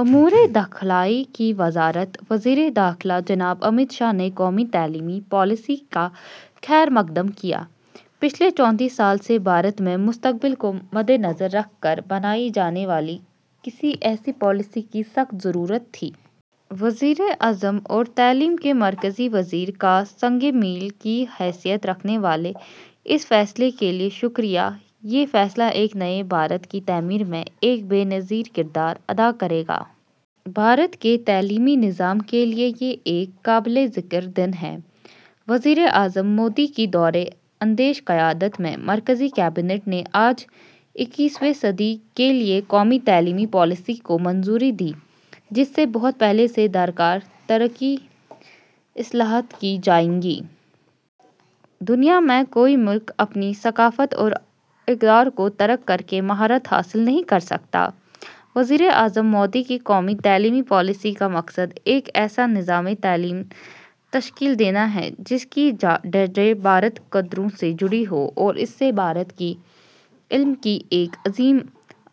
امور داخلہ کی وزارت وزیر داخلہ جناب امت شاہ نے قومی تعلیمی پالیسی کا خیر مقدم کیا۔ پچھلے چونتیس سال سے بھارت میں مستقبل کو مدنظر رکھ کر بنائی جانے والی کسی ایسی پالیسی کی سخت ضرورت تھی۔ وزیراعظم اور تعلیم کے مرکزی وزیر کا سنگ میل کی حیثیت رکھنے والے اس فیصلے کے لیے شکریہ، یہ فیصلہ ایک نئے بھارت کی تعمیر میں ایک بے نظیر کردار ادا کرے گا۔ بھارت کے تعلیمی نظام کے لیے یہ ایک قابل ذکر دن ہے۔ وزیراعظم مودی کی دور اندیش قیادت میں مرکزی کابینہ نے آج اکیسویں صدی کے لیے قومی تعلیمی پالیسی کو منظوری دی، جس سے بہت پہلے سے درکار تاریخی اصلاحات کی جائیں گی۔ دنیا میں کوئی ملک اپنی ثقافت اور اقدار کو ترک کرکے مہارت حاصل نہیں کرسکتا۔ وزیراعظم مودی کی قومی تعلیمی پالیسی کا مقصد ایک ایسا نظام تعلیم تشکیل دینا ہے جس کی جڑیں بھارتی قدروں سے جڑی ہوں اور اس سے بھارت کی علم کی ایک عظیم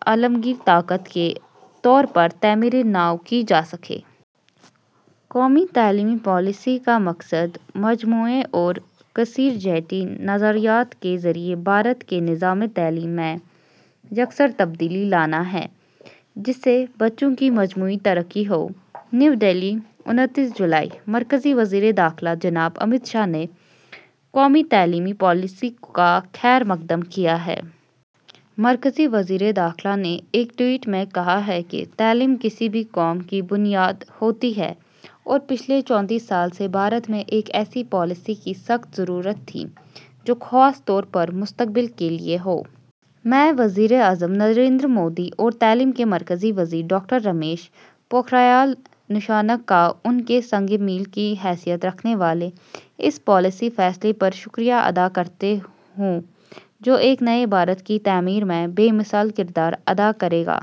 عالمگیر طاقت کے طور پر تعمیر نو کی جا سکے۔ قومی تعلیمی پالیسی کا مقصد مجموعی اور کثیر جہتی نظریات کے ذریعے بھارت کے نظام تعلیم میں یکسر تبدیلی لانا ہے، جس سے بچوں کی مجموعی ترقی ہو۔ نئی دہلی، انتیس جولائی: مرکزی وزیر داخلہ جناب امت شاہ نے قومی تعلیمی پالیسی کا خیر مقدم کیا ہے۔ مرکزی وزیر داخلہ نے ایک ٹوئٹ میں کہا ہے کہ تعلیم کسی بھی قوم کی بنیاد ہوتی ہے اور پچھلے چونتیس سال سے بھارت میں ایک ایسی پالیسی کی سخت ضرورت تھی، جو خاص طور پر مستقبل کے لیے ہو۔ میں وزیراعظم نریندر مودی اور تعلیم کے مرکزی وزیر ڈاکٹر رمیش پوکھریال نشنک کا ان کے سنگ میل کی حیثیت رکھنے والے اس پالیسی فیصلے پر شکریہ ادا کرتا ہوں، جو ایک نئے بھارت کی تعمیر میں بے مثال کردار ادا کرے گا۔